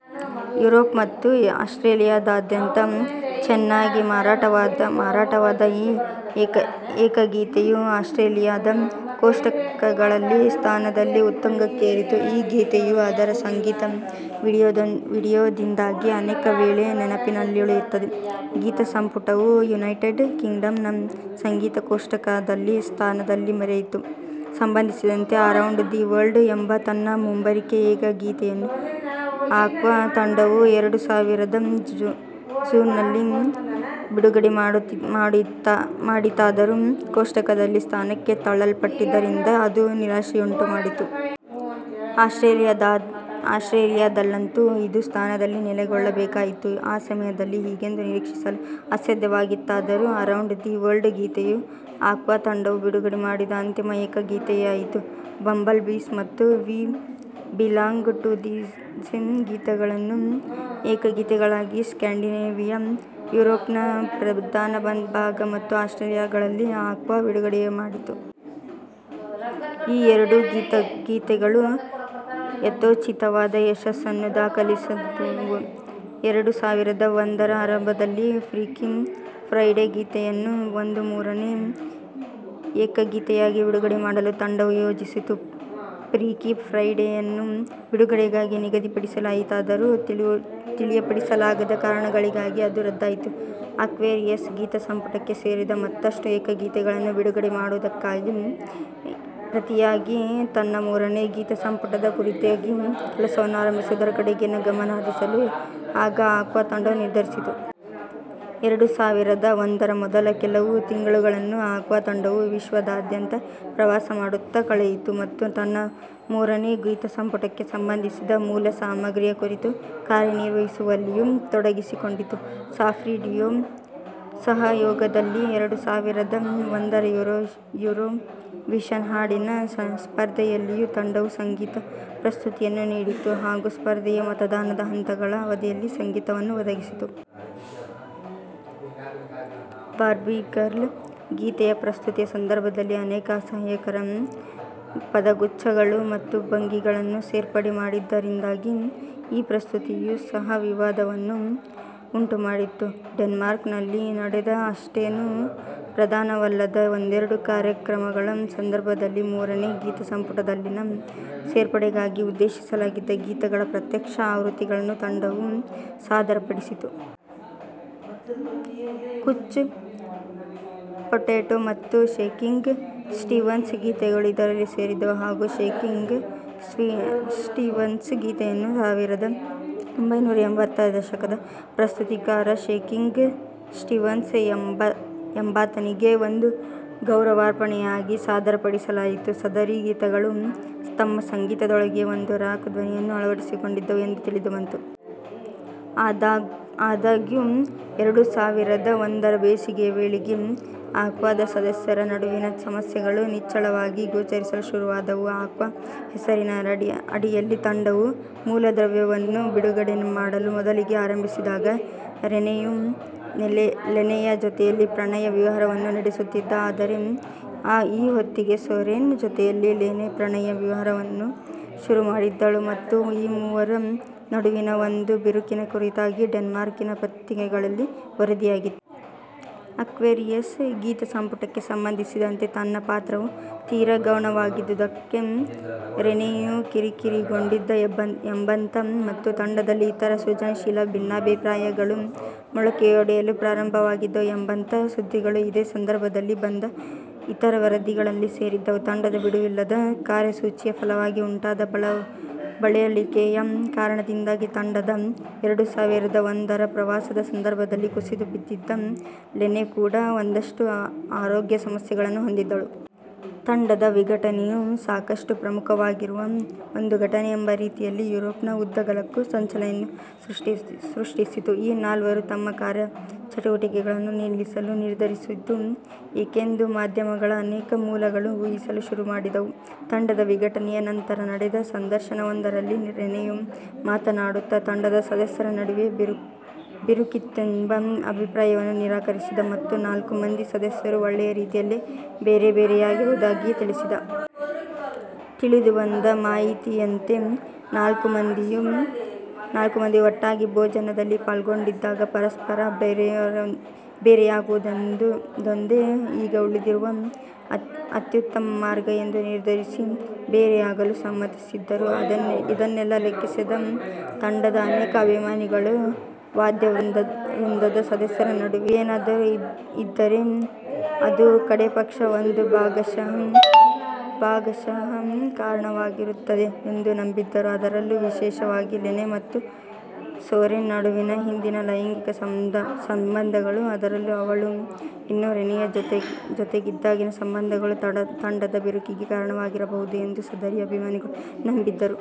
Europe ಮತ್ತು ಆಸ್ಟ್ರೇಲಿಯಾದಾದ್ಯಂತ ಚೆನ್ನಾಗಿ ಮಾರಾಟವಾದ ಈ ಏಕಗೀತೆಯು ಆಸ್ಟ್ರೇಲಿಯಾದ ಕೋಷ್ಟಕಗಳಲ್ಲಿ ಸ್ಥಾನದಲ್ಲಿ ಉತ್ತುಂಗಕ್ಕೇರಿತು. ಈ ಗೀತೆಯು ಅದರ ಸಂಗೀತ ವಿಡಿಯೋದಿಂದಾಗಿ ಅನೇಕವೇಳೆ ನೆನಪಿನಲ್ಲುಳಿಯುತ್ತದೆ. ಗೀತಸಂಪುಟವು ಯುನೈಟೆಡ್ ಕಿಂಗ್ಡಂನ ಸಂಗೀತ ಕೋಷ್ಟಕದಲ್ಲಿ ಸ್ಥಾನದಲ್ಲಿ ಮೆರೆಯಿತು. ಸಂಬಂಧಿಸಿದಂತೆ "ಅರೌಂಡ್ ದಿ ವರ್ಲ್ಡ್" ಎಂಬ ತನ್ನ ಮುಂಬರಿಕೆ ಏಕಗೀತೆಯನ್ನು ಆಕ್ವಾ ತಂಡವು ಎರಡು ಸಾವಿರದ ಜೂನ್ನಲ್ಲಿ ಬಿಡುಗಡೆ ಮಾಡಿತಾದರೂ, ಕೋಷ್ಟಕದಲ್ಲಿ ಸ್ಥಾನಕ್ಕೆ ತಳ್ಳಲ್ಪಟ್ಟಿದ್ದರಿಂದಾಗಿ ಅದು ನಿರಾಶೆಯುಂಟುಮಾಡಿತು. ಆಸ್ಟ್ರೇಲಿಯಾದಲ್ಲಂತೂ ಇದು ಸ್ಥಾನದಲ್ಲಿ ನೆಲೆಗೊಳ್ಳಬೇಕಾಯಿತು. ಆ ಸಮಯದಲ್ಲಿ ಹೀಗೆಂದು ನಿರೀಕ್ಷಿಸಲು ಅಸಾಧ್ಯವಾಗಿತ್ತಾದರೂ, ಅರೌಂಡ್ ದಿ ವರ್ಲ್ಡ್ ಗೀತೆಯು ಆಕ್ವಾ ತಂಡವು ಬಿಡುಗಡೆ ಮಾಡಿದ ಅಂತಿಮ ಏಕಗೀತೆಯಾಯಿತು. "ಬಂಬಲ್ ಬೀಸ್" ಮತ್ತು "we belong to the sea" ಗೀತೆಗಳನ್ನು ಏಕಗೀತೆಗಳಾಗಿ ಸ್ಕ್ಯಾಂಡಿನೇವಿಯಾ, ಯುರೋಪ್ನ ಪ್ರಧಾನಭಾಗ ಮತ್ತು ಆಸ್ಟ್ರೇಲಿಯಾಗಳಲ್ಲಿ ಆಕ್ವಾ ಬಿಡುಗಡೆಮಾಡಿತು. ಈ ಎರಡೂ ಗೀತೆಗಳೂ ಯಥೋಚಿತವಾದ ಯಶಸ್ಸನ್ನು ದಾಖಲಿಸಿದವು. ಎರಡು ಸಾವಿರದ ಒಂದರ ಆರಂಭದಲ್ಲಿ, ಫ್ರೀಕಿ ಫ್ರೈಡೆ ಗೀತೆಯನ್ನು ಒಂದು ಮೂರನೇ ಏಕಗೀತೆಯಾಗಿ ಬಿಡುಗಡೆ ಮಾಡಲು ತಂಡವು ಯೋಜಿಸಿತು. "ಫ್ರೀಕಿ ಫ್ರೈಡೆ"ಯನ್ನು ಬಿಡುಗಡೆಗಾಗಿ ನಿಗದಿಪಡಿಸಲಾಯಿತಾದರೂ, ತಿಳಿಯಪಡಿಸಲಾಗದ ಕಾರಣಗಳಿಗಾಗಿ ಅದು ರದ್ದಾಯಿತು. ಆಕ್ವೇರಿಯಸ್ ಗೀತಸಂಪುಟಕ್ಕೆ ಸೇರಿದ ಮತ್ತಷ್ಟು ಏಕಗೀತೆಗಳನ್ನು ಬಿಡುಗಡೆ ಮಾಡುವುದಕ್ಕೆ ಪ್ರತಿಯಾಗಿ, ತನ್ನ ಮೂರನೇ ಗೀತಸಂಪುಟದ ಕುರಿತಾಗಿ ಕೆಲಸವನ್ನು ಆರಂಭಿಸುವುದರ ಕಡೆಗೆ ಗಮನ ಹರಿಸಲು ಆಗ ಆಕ್ವಾ ತಂಡವು ನಿರ್ಧರಿಸಿತು. ಎರಡು ಸಾವಿರದ ಒಂದರ ಮೊದಲ ಕೆಲವು ತಿಂಗಳುಗಳನ್ನು ಆಕ್ವಾ ತಂಡವು ವಿಶ್ವದಾದ್ಯಂತ ಪ್ರವಾಸಮಾಡುತ್ತಾ ಕಳೆಯಿತು, ಮತ್ತು ತನ್ನ ಮೂರನೇ ಗೀತಸಂಪುಟಕ್ಕೆ ಸಂಬಂಧಿಸಿದ ಮೂಲಸಾಮಗ್ರಿಯ ಕುರಿತು ಕಾರ್ಯನಿರ್ವಹಿಸುವಲ್ಲಿಯೂ ತೊಡಗಿಸಿಕೊಂಡಿತು. ಸಾಫ್ರಿ ಡ್ಯುಯೊ ಸಹಯೋಗದಲ್ಲಿ ಎರಡು ಸಾವಿರದ ಒಂದರ ಯೂರೋವಿಷನ್ ಹಾಡಿನ ಸ್ಪರ್ಧೆಯಲ್ಲಿಯೂ ತಂಡವು ಸಂಗೀತ ಪ್ರಸ್ತುತಿಯನ್ನು ನೀಡಿತು ಹಾಗೂ ಸ್ಪರ್ಧೆಯ ಮತದಾನದ ಹಂತಗಳ ಅವಧಿಯಲ್ಲಿ ಸಂಗೀತವನ್ನು ಒದಗಿಸಿತು. "ಬಾರ್ಬೀ ಗರ್ಲ್" ಗೀತೆಯ ಪ್ರಸ್ತುತಿಯ ಸಂದರ್ಭದಲ್ಲಿ ಅನೇಕ ಅಸಹ್ಯಕರ ಪದಗುಚ್ಛಗಳು ಮತ್ತು ಭಂಗಿಗಳನ್ನು ಸೇರ್ಪಡೆ ಮಾಡಿದ್ದರಿಂದಾಗಿ, ಈ ಪ್ರಸ್ತುತಿಯೂ ಸಹ ವಿವಾದವನ್ನು ಉಂಟುಮಾಡಿತು. ಡೆನ್ಮಾರ್ಕ್ನಲ್ಲಿ ನಡೆದ ಅಷ್ಟೇನೂ ಪ್ರಧಾನವಲ್ಲದ ಒಂದೆರಡು ಕಾರ್ಯಕ್ರಮಗಳ ಸಂದರ್ಭದಲ್ಲಿ, ಮೂರನೇ ಗೀತಸಂಪುಟದಲ್ಲಿನ ಸೇರ್ಪಡೆಗಾಗಿ ಉದ್ದೇಶಿಸಲಾಗಿದ್ದ ಗೀತೆಗಳ ಪ್ರತ್ಯಕ್ಷ ಆವೃತ್ತಿಗಳನ್ನು ತಂಡವು ಸಾದರಪಡಿಸಿತು. "ಕೂಚ್ ಪೊಟೆಟೊ" ಮತ್ತು "ಷೇಕಿಂಗ್ ಸ್ಟೀವನ್ಸ್ " ಗೀತೆಗಳು ಇದರಲ್ಲಿ ಸೇರಿದ್ದವು ಹಾಗೂ "ಷೇಕಿಂಗ್ ಸ್ಟೀವನ್ಸ್ " ಗೀತೆಯನ್ನು ಸಾವಿರದ ಒಂಭೈನೂರ ಎಂಬತ್ತರ ದಶಕದ ಪ್ರಸ್ತುತಿಕಾರ ಷೇಕಿಂಗ್ ಸ್ಟೀವನ್ಸ್ ಎಂಬಾತನಿಗೆ ಒಂದು ಗೌರವಾರ್ಪಣೆಯಾಗಿ ಸಾದರಪಡಿಸಲಾಯಿತು. ಸದರಿ ಗೀತೆಗಳು ತಮ್ಮ ಸಂಗೀತದೊಳಗೆ ಒಂದು ರಾಕ್ ಧ್ವನಿಯನ್ನು ಅಳವಡಿಸಿಕೊಂಡಿದ್ದವು ಎಂದು ತಿಳಿದುಬಂತು. ಆದಾಗ್ಯೂ ಎರಡು ಸಾವಿರದ ಒಂದರ ಬೇಸಿಗೆಯ ವೇಳೆಗೆ ಆಕ್ವಾದ ಸದಸ್ಯರ ನಡುವಿನ ಸಮಸ್ಯೆಗಳು ನಿಚ್ಚಳವಾಗಿ ಗೋಚರಿಸಲು ಶುರುವಾದವು. ಆಕ್ವಾ ಹೆಸರಿನ ಅಡಿಯಲ್ಲಿ ತಂಡವು ಮೂಲದ್ರವ್ಯವನ್ನು ಬಿಡುಗಡೆ ಮಾಡಲು ಮೊದಲಿಗೆ ಆರಂಭಿಸಿದಾಗ, ರೆನೆಯು ಲೆನೆಯ ಜೊತೆಯಲ್ಲಿ ಪ್ರಣಯ-ವಿಹಾರವನ್ನು ನಡೆಸುತ್ತಿದ್ದ. ಆದರೆ, ಈ ಹೊತ್ತಿಗೆ ಸೋರೆನ್ ಜೊತೆಯಲ್ಲಿ ಲೆನೆ ಪ್ರಣಯ-ವಿಹಾರವನ್ನು ಶುರುಮಾಡಿದ್ದಳು, ಮತ್ತು ಈ ಮೂವರ ನಡುವಿನ ಒಂದು ಬಿರುಕಿನ ಕುರಿತಾಗಿ ಡೆನ್ಮಾರ್ಕಿನ ಪತ್ರಿಕೆಗಳಲ್ಲಿ ವರದಿಯಾಗಿತ್ತು. ಆಕ್ವೇರಿಯಸ್ ಗೀತಸಂಪುಟಕ್ಕೆ ಸಂಬಂಧಿಸಿದಂತೆ ತನ್ನ ಪಾತ್ರವು ತೀರಾ ಗೌಣವಾಗಿದ್ದುದಕ್ಕೆ ರೆನೆಯು ಕಿರಿಕಿರಿಗೊಂಡಿದ್ದ ಎಂಬಂಥ, ಮತ್ತು ತಂಡದಲ್ಲಿ ಇತರ ಸೃಜನಶೀಲ ಭಿನ್ನಾಭಿಪ್ರಾಯಗಳು ಮೊಳಕೆಯೊಡೆಯಲು ಪ್ರಾರಂಭವಾಗಿದ್ದವು ಎಂಬಂಥ ಸುದ್ದಿಗಳು ಇದೇ ಸಂದರ್ಭದಲ್ಲಿ ಬಂದ ಇತರ ವರದಿಗಳಲ್ಲಿ ಸೇರಿದ್ದವು. ತಂಡದ ಬಿಡುವಿಲ್ಲದ ಕಾರ್ಯಸೂಚಿಯ ಫಲವಾಗಿ ಉಂಟಾದ ಬಳಲಿಕೆಯ ಕಾರಣದಿಂದಾಗಿ, ತಂಡದ ಎರಡು ಸಾವಿರದ ಒಂದರ ಪ್ರವಾಸದ ಸಂದರ್ಭದಲ್ಲಿ ಕುಸಿದುಬಿದ್ದಿದ್ದ ಲೆನೆ ಕೂಡಾ ಒಂದಷ್ಟು ಆರೋಗ್ಯ ಸಮಸ್ಯೆಗಳನ್ನು ಹೊಂದಿದ್ದಳು. ತಂಡದ ವಿಘಟನೆಯು ಸಾಕಷ್ಟು ಪ್ರಮುಖವಾಗಿರುವ ಒಂದು ಘಟನೆ ಎಂಬ ರೀತಿಯಲ್ಲಿ ಯುರೋಪ್ನ ಉದ್ದಗಲಕ್ಕೂ ಸಂಚಲನೆಯನ್ನು ಸೃಷ್ಟಿಸಿತು. ಈ ನಾಲ್ವರೂ ತಮ್ಮ ಕಾರ್ಯಚಟುವಟಿಕೆಗಳನ್ನು ನಿಲ್ಲಿಸಲು ನಿರ್ಧರಿಸಿದ್ದು ಏಕೆಂದು ಮಾಧ್ಯಮಗಳ ಅನೇಕ ಮೂಲಗಳು ಊಹಿಸಲು ಶುರುಮಾಡಿದವು. ತಂಡದ ವಿಘಟನೆಯ ನಂತರ ನಡೆದ ಸಂದರ್ಶನವೊಂದರಲ್ಲಿ ರೆನೆಯು ಮಾತನಾಡುತ್ತಾ, ತಂಡದ ಸದಸ್ಯರ ನಡುವೆ ಬಿರುಕಿತ್ತೆಂಬ ಅಭಿಪ್ರಾಯವನ್ನು ನಿರಾಕರಿಸಿದ ಮತ್ತು ನಾಲ್ಕೂ ಮಂದಿ ಸದಸ್ಯರು ಒಳ್ಳೆಯ ರೀತಿಯಲ್ಲೇ ಬೇರೆಬೇರೆಯಾಗಿರುವುದಾಗಿ ತಿಳಿಸಿದ. ತಿಳಿದುಬಂದ ಮಾಹಿತಿಯಂತೆ, ನಾಲ್ಕೂ ಮಂದಿಯೂ ಒಟ್ಟಾಗಿ ಭೋಜನದಲ್ಲಿ ಪಾಲ್ಗೊಂಡಿದ್ದಾಗ "ಪರಸ್ಪರ ಬೇರೆಯಾಗುವುದೊಂದೇ ಈಗ ಉಳಿದಿರುವ ಅತ್ಯುತ್ತಮ ಮಾರ್ಗ" ಎಂದು ನಿರ್ಧರಿಸಿ, ಬೇರೆಯಾಗಲು ಸಮ್ಮತಿಸಿದ್ದರು. ಇದನ್ನೆಲ್ಲ ಲೆಕ್ಕಿಸದ ತಂಡದ ಅನೇಕ ಅಭಿಮಾನಿಗಳು, ವಾದ್ಯವೃಂದದ ಸದಸ್ಯರ ನಡುವೆ ಒಂದು ಬಿರುಕೇನಾದರೂ ಇದ್ದರೆ ಅದು ಕಡೇಪಕ್ಷ ಒಂದು ಭಾಗಶಃ ಕಾರಣವಾಗಿರುತ್ತದೆ ಎಂದು ನಂಬಿದ್ದರು; ಅದರಲ್ಲೂ ವಿಶೇಷವಾಗಿ, ಲೆನೆ ಮತ್ತು ಸೋರೆನ್ ನಡುವಿನ ಹಿಂದಿನ ಲೈಂಗಿಕ ಸಂಬಂಧಗಳು, ಅದರಲ್ಲೂ ಅವಳು ಇನ್ನೂ ರೆನೆಯ ಜೊತೆಗಿದ್ದಾಗಿನ ಸಂಬಂಧಗಳು ತಂಡದ ಬಿರುಕಿಗೆ ಕಾರಣವಾಗಿರಬಹುದು ಎಂದು ಸದರಿ ಅಭಿಮಾನಿಗಳು ನಂಬಿದ್ದರು.